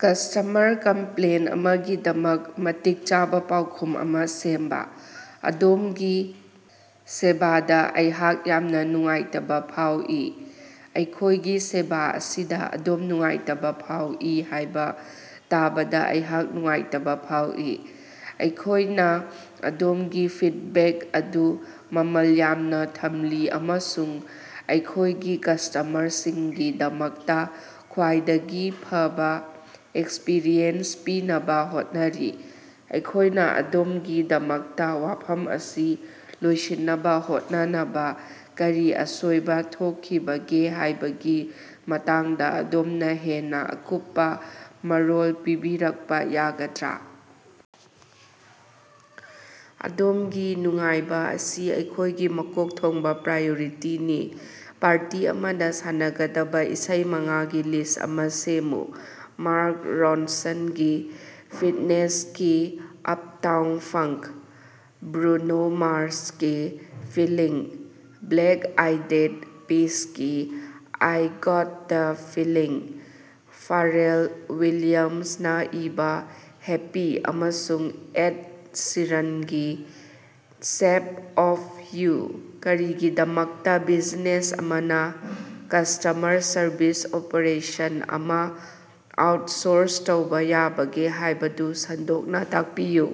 Customer complaint ꯑꯃꯒꯤꯗꯃꯛ ꯃꯇꯤꯛ ꯆꯥꯕ ꯄꯥꯎꯈꯨꯝ ꯑꯃ ꯁꯦꯝꯕ꯫ ꯑꯗꯣꯝꯒꯤ ꯁꯦꯕꯥꯗ ꯑꯩꯍꯥꯛ ꯌꯥꯝꯅ ꯅꯨꯡꯉꯥꯏꯇꯕ ꯐꯥꯎꯏ꯫ ꯑꯩꯈꯣꯏꯒꯤ ꯁꯦꯕꯥ ꯑꯁꯤꯗ ꯑꯗꯣꯝ ꯅꯨꯡꯉꯥꯏꯇꯕ ꯐꯥꯎꯏ ꯍꯥꯏꯕ ꯇꯥꯕꯗ ꯑꯩꯍꯥꯛ ꯅꯨꯡꯉꯥꯏꯇꯕ ꯐꯥꯎꯏ꯫ ꯑꯩꯈꯣꯏꯅ ꯑꯗꯣꯝꯒꯤ ꯐꯤꯠꯕꯦꯛ ꯑꯗꯨ ꯃꯃꯜ ꯌꯥꯝꯅ ꯊꯝꯂꯤ ꯑꯃꯁꯨꯡ ꯑꯩꯈꯣꯏꯒꯤ ꯀꯁꯇꯃꯔꯁꯤꯡꯒꯤꯗꯃꯛꯇꯥ ꯈ꯭ꯋꯥꯏꯗꯒꯤ ꯐꯕꯥ ꯑꯦꯛꯁꯄꯤꯔꯤꯌꯦꯟꯁ ꯄꯤꯅꯕꯥ ꯍꯣꯠꯅꯔꯤ꯫ ꯑꯩꯈꯣꯏꯅ ꯑꯗꯣꯝꯒꯤꯗꯃꯛꯇ ꯋꯥꯐꯝ ꯑꯁꯤ ꯂꯣꯏꯁꯤꯟꯅꯕ ꯍꯣꯠꯅꯅꯕꯥ ꯀꯔꯤ ꯑꯁꯣꯏꯕ ꯊꯣꯛꯈꯤꯕꯒꯦ ꯍꯥꯏꯕꯒꯤ ꯃꯇꯥꯡꯗ ꯑꯗꯣꯝꯅ ꯍꯦꯟꯅꯥ ꯑꯀꯨꯞꯄꯥ ꯃꯔꯣꯜ ꯄꯤꯕꯤꯔꯛꯄꯥ ꯌꯥꯒꯗ꯭ꯔꯥ? ꯑꯗꯣꯝꯒꯤ ꯅꯨꯡꯉꯥꯏꯕ ꯑꯁꯤ ꯑꯩꯈꯣꯏꯒꯤ ꯃꯀꯣꯛ ꯊꯣꯡꯕ ꯄ꯭ꯔꯥꯏꯌꯣꯔꯤꯇꯤꯅꯤ꯫ ꯄꯥꯔꯇꯤ ꯑꯃꯗ ꯁꯥꯟꯅꯒꯗꯕꯥ ꯏꯁꯩ ꯃꯉꯥꯒꯤ ꯂꯤꯁ ꯑꯃ ꯁꯦꯝꯃꯨ꯫ ꯃꯥꯔꯛ ꯔꯣꯟꯁꯟꯒꯤ ꯐꯤꯠꯅꯦꯁꯀꯤ "ꯑꯞꯇꯥꯎꯟ ꯐꯪꯛ",ꯕ꯭ꯔꯨꯅꯣ ꯃꯥꯔꯁꯀꯤ "ꯐꯤꯂꯤꯡ",ꯕ꯭ꯂꯦꯛ ꯑꯥꯏꯗꯦꯗ ꯄꯤꯁꯀꯤ "ꯑꯥꯏ ꯒꯣꯠꯇꯥ ꯐꯤꯂꯤꯡ",ꯐꯥꯔꯦꯜ ꯋꯤꯂꯤꯌꯝꯁꯅꯥ ꯏꯕꯥ "ꯍꯦꯄꯤ"ꯑꯃꯁꯨꯡ ꯑꯦꯗ ꯁꯤꯔꯟꯒꯤ "ꯁꯦꯞ ꯑꯣꯐ ꯌꯨ"꯫ ꯀꯔꯤꯒꯤꯗꯃꯛꯇꯥ ꯕꯤꯖꯤꯅꯦꯁ ꯑꯃꯅ ꯀꯁꯇꯃꯔ ꯁꯔꯚꯤꯁ ꯑꯣꯄ꯭ꯔꯦꯁꯟ ꯑꯃ ꯑꯥꯎꯠꯁꯣꯔꯁ ꯇꯧꯕ ꯌꯥꯕꯒꯦ ꯍꯥꯏꯕꯗꯨ ꯁꯟꯗꯣꯛꯅ ꯇꯥꯛꯄꯤꯌꯨ?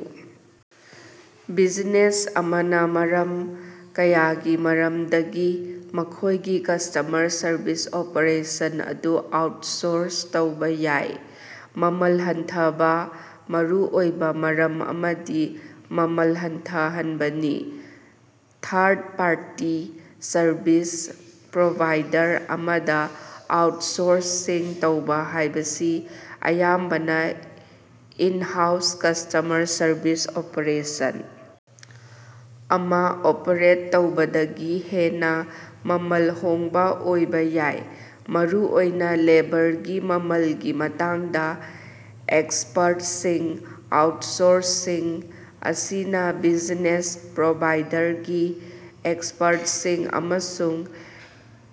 ꯕꯤꯖꯤꯅꯦꯁ ꯑꯃꯅ ꯃꯔꯝ ꯀꯌꯥꯒꯤ ꯃꯔꯝꯗꯒꯤ ꯃꯈꯣꯏꯒꯤ ꯀꯁꯇꯃꯔ ꯁꯔꯚꯤꯁ ꯑꯣꯄ꯭ꯔꯦꯁꯟ ꯑꯗꯨ ꯑꯥꯎꯠꯁꯣꯔꯁ ꯇꯧꯕ ꯌꯥꯏ꯫ ꯃꯃꯜ ꯍꯟꯊꯕꯥ: ꯃꯔꯨꯑꯣꯏꯕ ꯃꯔꯝ ꯑꯃꯗꯤ ꯃꯃꯜ ꯍꯟꯊꯍꯟꯕꯅꯤ꯫ ꯊꯥꯔꯠ ꯄꯥꯔꯇꯤ ꯁꯔꯚꯤꯁ ꯄ꯭ꯔꯣꯚꯥꯏꯗꯔ ꯑꯃꯗ ꯑꯥꯎꯠꯁꯣꯔꯁꯁꯤꯡ ꯇꯧꯕ ꯍꯥꯏꯕꯁꯤ ꯑꯌꯥꯝꯕꯅ ꯏꯟ-ꯍꯥꯎꯁ ꯀꯁꯇꯃꯔ ꯁꯔꯚꯤꯁ ꯑꯣꯄ꯭ꯔꯦꯁꯟ ꯑꯃ ꯑꯣꯄ꯭ꯔꯦꯠ ꯇꯧꯕꯗꯒꯤ ꯍꯦꯟꯅꯥ ꯃꯃꯜ ꯍꯣꯡꯕ ꯑꯣꯏꯕ ꯌꯥꯏ, ꯃꯔꯨꯑꯣꯏꯅꯥ ꯂꯦꯕꯔꯒꯤ ꯃꯃꯜꯒꯤ ꯃꯇꯥꯡꯗ꯫ ꯑꯦꯛꯁꯄꯔꯠꯁꯤꯡ: ꯑꯥꯎꯠꯁꯣꯔꯁꯤꯡ ꯑꯁꯤꯅ ꯕꯤꯖꯤꯅꯦꯁ ꯄ꯭ꯔꯣꯚꯥꯏꯗꯔꯒꯤ ꯑꯦꯛꯁꯄ꯭ꯔꯠꯁꯤꯡ ꯑꯃꯁꯨꯡ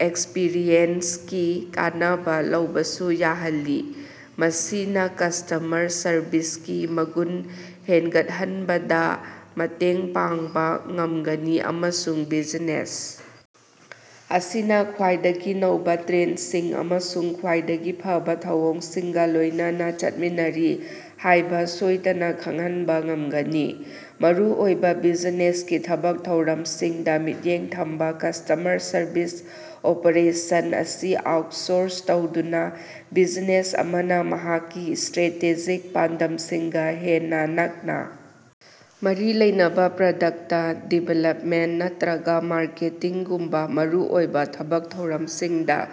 ꯑꯦꯛꯁꯄꯤꯔꯤꯌꯦꯟꯁꯀꯤ ꯀꯥꯟꯅꯕ ꯂꯧꯕꯁꯨ ꯌꯥꯍꯜꯂꯤ꯫ ꯃꯁꯤꯅ ꯀꯁꯇꯃꯔ ꯁꯔꯕꯤꯁꯀꯤ ꯃꯒꯨꯟ ꯍꯦꯟꯒꯠꯍꯟꯕꯗꯥ ꯃꯇꯦꯡ ꯄꯥꯡꯕ ꯉꯝꯒꯅꯤ ꯑꯃꯁꯨꯡ ꯕꯤꯖꯤꯅꯦꯁ ꯑꯁꯤꯅ ꯈ꯭ꯋꯥꯏꯗꯒꯤ ꯅꯧꯕ ꯇ꯭ꯔꯦꯟꯁꯤꯡ ꯑꯃꯁꯨꯡ ꯈ꯭ꯋꯥꯏꯗꯒꯤ ꯐꯕꯥ ꯊꯧꯑꯣꯡꯁꯤꯡꯒ ꯂꯣꯏꯅꯅꯥ ꯆꯠꯃꯤꯟꯅꯔꯤ ꯍꯥꯏꯕ ꯁꯣꯏꯗꯅꯥ ꯈꯪꯍꯟꯕ ꯉꯝꯒꯅꯤ꯫ ꯃꯔꯨꯑꯣꯏꯕ ꯕꯤꯖꯤꯅꯦꯁꯀꯤ ꯊꯕꯛ ꯊꯧꯔꯝꯁꯤꯡꯗ ꯃꯤꯠꯌꯦꯡ ꯊꯝꯕꯥ: ꯀꯁꯇꯃꯔ ꯁꯔꯕꯤꯁ ꯑꯣꯄ꯭ꯔꯦꯁꯟ ꯑꯁꯤ ꯑꯥꯎꯠꯁꯣꯔꯁ ꯇꯧꯗꯨꯅ, ꯕꯤꯖꯤꯅꯦꯁ ꯑꯃꯅ ꯃꯍꯥꯛꯀꯤ ꯏꯁꯇ꯭ꯔꯦꯇꯦꯖꯤꯛ ꯄꯥꯟꯗꯝꯁꯤꯡꯒꯥ ꯍꯦꯟꯅꯥ ꯅꯛꯅꯥ ꯃꯔꯤ ꯂꯩꯅꯕ ꯄ꯭ꯔꯗꯛꯇ ꯗꯤꯕꯦꯂꯞꯃꯦꯟ ꯅꯠꯇ꯭ꯔꯒꯥ ꯃꯥꯔꯀꯦꯇꯤꯡꯒꯨꯝꯕ ꯃꯔꯨꯑꯣꯏꯕ ꯊꯕꯛ ꯊꯧꯔꯝꯁꯤꯡꯗ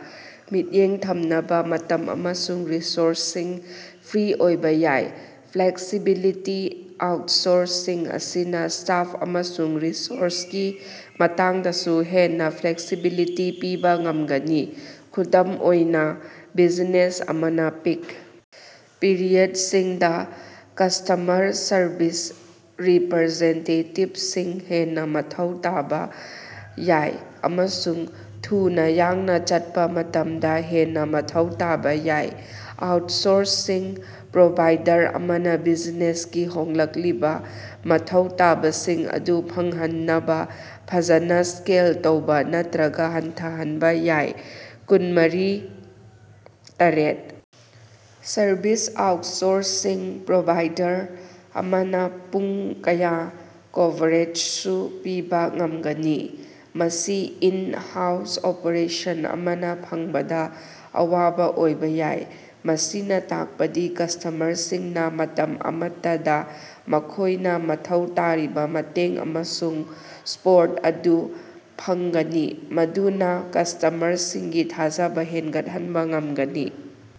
ꯃꯤꯠꯌꯦꯡ ꯊꯝꯅꯕ ꯃꯇꯝ ꯑꯃꯁꯨꯡ ꯔꯤꯁꯣꯔꯁꯁꯤꯡ ꯐ꯭ꯔꯤ ꯑꯣꯏꯕ ꯌꯥꯏ꯫ ꯐ꯭ꯂꯦꯛꯁꯤꯕꯤꯂꯤꯇꯤ: ꯑꯥꯎꯠꯁꯣꯔꯁꯤꯡ ꯑꯁꯤꯅ ꯁ꯭ꯇꯥꯐ ꯑꯃꯁꯨꯡ ꯔꯤꯁꯣꯔꯁꯀꯤ ꯃꯇꯥꯡꯗꯁꯨ ꯍꯦꯟꯅ ꯐ꯭ꯂꯦꯛꯁꯤꯕꯤꯂꯤꯇꯤ ꯄꯤꯕ ꯉꯝꯒꯅꯤ꯫ ꯈꯨꯗꯝ ꯑꯣꯏꯅ, ꯕꯤꯖꯤꯅꯦꯁ ꯑꯃꯅ ꯄꯤꯛ ꯄꯤꯔꯤꯌꯠꯁꯤꯡꯗ ꯀꯁꯇꯃꯔ ꯁꯔꯕꯤꯁ ꯔꯤꯄꯔꯖꯦꯟꯇꯦꯇꯤꯞꯁꯤꯡ ꯍꯦꯟꯅ ꯃꯊꯧ ꯇꯥꯕ ꯌꯥꯏ ꯑꯃꯁꯨꯡ ꯊꯨꯅꯥ ꯌꯥꯡꯅꯥ ꯆꯠꯄ ꯃꯇꯝꯗ ꯍꯦꯟꯅ ꯃꯊꯧ ꯇꯥꯕ ꯌꯥꯏ꯫ ꯑꯥꯎꯠꯁꯣꯔꯁꯤꯡ ꯄ꯭ꯔꯣꯚꯥꯏꯗꯔ ꯑꯃꯅ ꯕꯤꯖꯤꯅꯦꯁꯀꯤ ꯍꯣꯡꯂꯛꯂꯤꯕ ꯃꯊꯧ ꯇꯥꯕꯁꯤꯡ ꯑꯗꯨ ꯐꯪꯍꯟꯅꯕ ꯐꯖꯅ ꯁ꯭ꯀꯦꯜ ꯇꯧꯕ ꯅꯠꯇ꯭ꯔꯒꯥ ꯍꯟꯊꯍꯟꯕ ꯌꯥꯏ꯫ ꯀꯨꯟꯃꯔꯤ/ꯇꯔꯦꯠ ꯁꯔꯚꯤꯁ: ꯑꯥꯎꯠꯁꯣꯔꯁꯤꯡ ꯄ꯭ꯔꯣꯚꯥꯏꯗꯔ ꯑꯃꯅ ꯄꯨꯡ ꯀꯌꯥ ꯀꯣꯚꯔꯦꯖꯁꯨ ꯄꯤꯕ ꯉꯝꯒꯅꯤ, ꯃꯁꯤ ꯏꯟ-ꯍꯥꯎꯁ ꯑꯣꯄ꯭ꯔꯦꯁꯟ ꯑꯃꯅ ꯐꯪꯕꯗ ꯑꯋꯥꯕ ꯑꯣꯏꯕ ꯌꯥꯏ꯫ ꯃꯁꯤꯅ ꯇꯥꯛꯄꯗꯤ ꯀꯁꯇꯃꯔꯁꯤꯡꯅꯥ ꯃꯇꯝ ꯑꯃꯠꯇꯗꯥ ꯃꯈꯣꯏꯅ ꯃꯊꯧ ꯇꯥꯔꯤꯕ ꯃꯇꯦꯡ ꯑꯃꯁꯨꯡ ꯁꯄꯣꯔꯠ ꯑꯗꯨ ꯐꯪꯒꯅꯤ, ꯃꯗꯨꯅ ꯀꯁꯇꯃꯔꯁꯤꯡꯒꯤ ꯊꯥꯖꯕ ꯍꯦꯟꯒꯠꯍꯟꯕꯥ ꯉꯃꯒꯅꯤ꯫